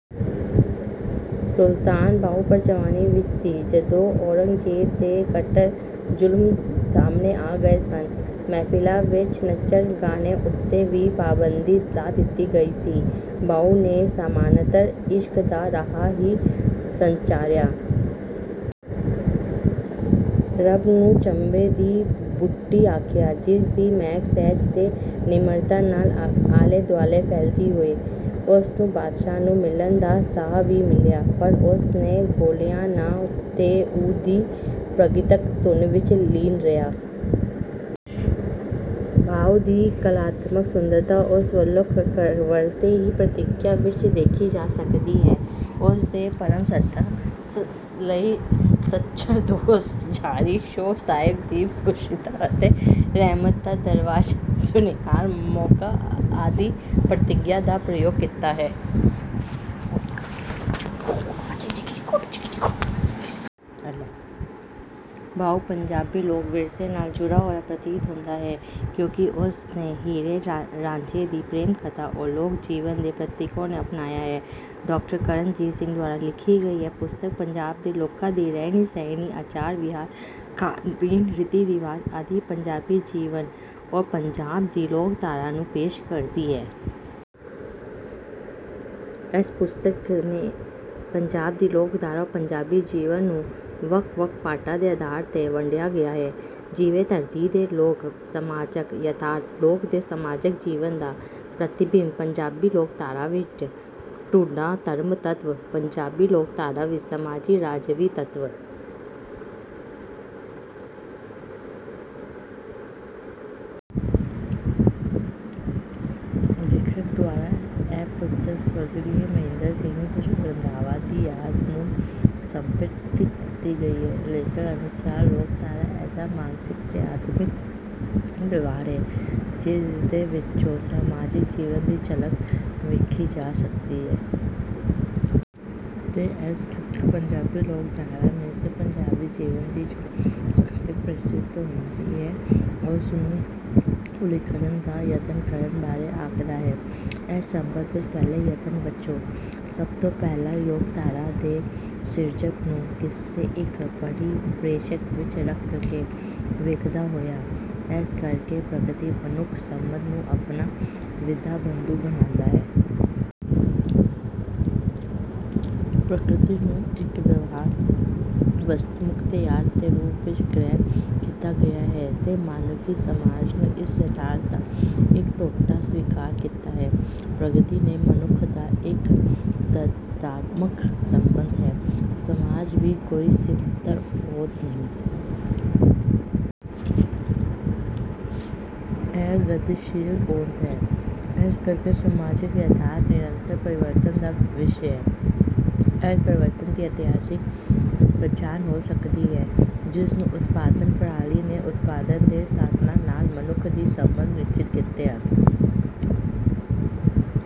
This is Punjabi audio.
ਸੁਲਤਾਨ ਬਾਹੂ ਭਰ ਜਵਾਨੀ ਵਿੱਚ ਸੀ ਜਦੋਂ ਔਰੰਗਜ਼ੇਬ ਦੇ ਕੱਟੜ ਜੁਲਮ ਸਾਹਮਣੇ ਆ ਗਏ ਸਨ। ਮਹਿਫਲਾਂ ਵਿੱਚ ਨੱਚਣ-ਗਾਉਣ ਉੱਤੇ ਵੀ ਪਾਬੰਦੀ ਲਾ ਦਿੱਤੀ ਗਈ ਸੀ। ਬਾਹੂ ਨੇ ਸਮਾਨੰਤਰ ਇਸ਼ਕ ਦਾ ਰਾਹ ਹੀ ਸੰਚਾਰਿਆ। ਰੱਬ ਨੂੰ ਚੰਬੇ ਦੀ ਬੂਟੀ ਆਖਿਆ, ਜਿਸ ਦੀ ਮਹਿਕ ਸਹਿਜ ਤੇ ਨਿਮਰਤਾ ਨਾਲ ਆਲੇ-ਦੁਆਲੇ ਫੈਲਦੀ ਹੈ। ਉਸ ਨੂੰ ਬਾਦਸ਼ਾਹ ਨੂੰ ਮਿਲਣ ਦਾ ਸੱਦਾ ਵੀ ਮਿਲਿਆ, ਪਰ ਉਸਨੇ ਗੌਲਿਆ ਨਾ ਅਤੇ 'ਹੂ' ਦੀ ਪ੍ਰਗੀਤਕ ਧੁਨ ਵਿੱਚ ਲੀਨ ਰਿਹਾ। ਬਾਹੂ ਦੀ ਕਲਾਤਮਕ ਸੁੰਦਰਤਾ ਉਸ ਦੁਆਰਾ ਵਰਤੇ ਪ੍ਰਤੀਕਾਂ ਵਿੱਚ ਵੇਖੀ ਜਾ ਸਕਦੀ ਹੈ। ਉਸਨੇ ਪਰਮ-ਸੱਤਾ ਲਈ ਸੱਜਣ, ਦੋਸਤ, ਜਾਨੀ, ਸ਼ੌਹ, ਸਾਹਿਬ ਅਤੇ ਮੁਰਸ਼ਿਦ, ਅਤੇ ਰਹਿਮਤ ਦਾ ਦਰਵਾਜ਼ਾ, ਸੁਨਿਆਰ, ਮੋਕਾ ਆਦਿ ਪ੍ਰਤੀਕਾਂ ਦਾ ਪ੍ਰਯੋਗ ਕੀਤਾ ਹੈ। ਬਾਹੂ ਪੰਜਾਬੀ ਲੋਕ-ਵਿਰਸੇ ਨਾਲ ਜੁੜਿਆ ਪ੍ਰਤੀਤ ਹੁੰਦਾ ਹੈ, ਕਿਉਂਕਿ ਉਸਨੇ ਹੀਰ-ਰਾਝੇ ਦੀ ਪ੍ਰੇਮ ਕਥਾ ਅਤੇ ਲੋਕ-ਜੀਵਨ ਦੇ ਪ੍ਰਤੀਕਾਂ ਨੂੰ ਅਪਣਾਇਆ ਹੈ। ਡਾ. ਕਰਨਜੀਤ ਸਿੰਘ ਦੁਆਰਾ ਲਿਖੀ ਗਈ ਇਹ ਪੁਸਤਕ ਪੰਜਾਬ ਦੇ ਲੋਕਾਂ ਦੀ ਰਹਿਣੀ-ਸਹਿਣੀ, ਆਚਾਰ-ਵਿਹਾਰ, ਖਾਣ-ਪੀਣ, ਰੀਤੀ-ਰਿਵਾਜ਼ ਆਦਿ ਪੰਜਾਬੀ ਜੀਵਨ ਅਤੇ ਪੰਜਾਬ ਦੀ ਲੋਕਧਾਰਾ ਨੂੰ ਪੇਸ਼ ਕਰਦੀ ਹੈ। ਇਸ ਪੁਸਤਕ ਵਿੱਚ ਪੰਜਾਬ ਦੀ ਲੋਕਧਾਰਾ ਅਤੇ ਪੰਜਾਬੀ ਜੀਵਨ ਨੂੰ ਵੱਖ-ਵੱਖ ਪਾਠਾਂ ਦੇ ਅਧਾਰ 'ਤੇ ਵੰਡਿਆ ਗਿਆ ਹੈ, ਜਿਵੇਂ ਧਰਤੀ ਅਤੇ ਲੋਕ, ਸਮਾਜਕ ਯਥਾਰਥ, 'ਲੋਕ' ਦੇ ਸਮਾਜਕ ਜੀਵਨ ਦਾ ਪ੍ਰਤੀਬਿੰਬ, ਪੰਜਾਬੀ ਲੋਕਧਾਰਾ ਵਿੱਚ ਟੂਣਾ-ਧਰਮ ਤੱਤ, ਪੰਜਾਬੀ ਲੋਕਧਾਰਾ ਵਿੱਚ ਸਮਾਜੀ-ਰਾਜਸੀ ਤੱਤ। ਲੇਖਕ ਦੁਆਰਾ ਇਹ ਪੁਸਤਕ ਸਵਰਗੀ ਮਹਿੰਦਰ ਸਿੰਘ ਰੰਧਾਵਾ ਦੀ ਯਾਦ ਨੂੰ ਸਮਰਪਿਤ ਕੀਤੀ ਗਈ ਹੈ। ਲੇਖਕ ਅਨੁਸਾਰ ਲੋਕਧਾਰਾ ਅਜਿਹਾ ਮਾਨਸਿਕ ਅਤੇ ਆਤਮਿਕ ਵਰਤਾਰਾ ਹੈ, ਜਿਸ ਵਿੱਚੋਂ ਸਮਾਜਿਕ ਜੀਵਨ ਦੀ ਝਲਕ ਵੇਖੀ ਜਾ ਸਕਦੀ ਹੈ। ਅਤੇ ਇਸ ਲਈ ਪੰਜਾਬੀ ਲੋਕਧਾਰਾ ਵਿੱਚੋਂ ਪੰਜਾਬੀ ਜੀਵਨ ਦੀ ਜੋ ਝਾਕੀ ਪ੍ਰਤੱਖ ਹੁੰਦੀ ਹੈ ਉਸ ਨੂੰ ਉਲੀਕਣ ਦਾ ਯਤਨ ਕਰਨ ਬਾਰੇ ਆਖਦਾ ਹੈ। ਇਸ ਸਬੰਧ ਵਿੱਚ ਪਹਿਲੇ ਯਤਨ ਵਜੋਂ ਸਭ ਤੋਂ ਪਹਿਲਾਂ ਲੋਕਧਾਰਾ ਦੇ ਸਿਰਜਕ ਨੂੰ ਕਿਸੇ ਇੱਕ ਪਰਿਪੇਖ ਵਿੱਚ ਰੱਖ ਕੇ ਵੇਖਦਾ ਹੋਇਆ, ਇਸ ਲਈ ਪ੍ਰਕਿਰਤੀ-ਮਨੁੱਖ ਸਬੰਧ ਨੂੰ ਆਪਣਾ ਵਿਦਾ ਬਿੰਦੂ ਬਣਾਉਂਦਾ ਹੈ। ਪ੍ਰਕਿਰਤੀ ਨੂੰ ਇੱਕ ਵਿਆਪਕ ਵਸਤੂਮੁਖ ਯਥਾਰਥ ਦੇ ਰੂਪ ਵਿੱਚ ਗ੍ਰਹਿਣ ਕੀਤਾ ਗਿਆ ਹੈ ਅਤੇ ਮਨੁੱਖੀ ਸਮਾਜ ਨੂੰ ਇਸ ਯਥਾਰਥ ਦਾ ਇੱਕ ਟੋਟਾ ਸਵੀਕਾਰਿਆ ਹੈ। ਪ੍ਰਕਿਰਤੀ ਅਤੇ ਮਨੁੱਖ ਦਾ ਇੱਕ ਦਵੰਦਾਤਮਕ ਸੰਬੰਧ ਹੈ। ਸਮਾਜ ਵੀ ਕੋਈ ਸਥਿਰ ਹੋਂਦ ਨਹੀਂ। ਇਹ ਗਤੀਸ਼ੀਲ ਹੋਂਦ ਹੈ। ਇਸ ਲਈ ਸਮਾਜਕ ਯਥਾਰਥ ਨਿਰੰਤਰ ਪਰਿਵਰਤਨ ਦਾ ਵਿਸ਼ਾ ਹੈ। ਇਸ ਪਰਿਵਰਤਨ ਦੀ ਇਤਿਹਾਸਕ ਪਛਾਣ ਹੋ ਸਕਦੀ ਹੈ, ਜਿਸ ਨੂੰ ਉਤਪਾਦਨ ਪ੍ਰਣਾਲੀ ਅਤੇ ਉਤਪਾਦਨ ਦੇ ਸਾਧਨਾਂ ਨਾਲ ਮਨੁੱਖ ਦੇ ਸਬੰਧ ਨਿਸ਼ਚਿਤ ਕਰਦੇ ਹਨ।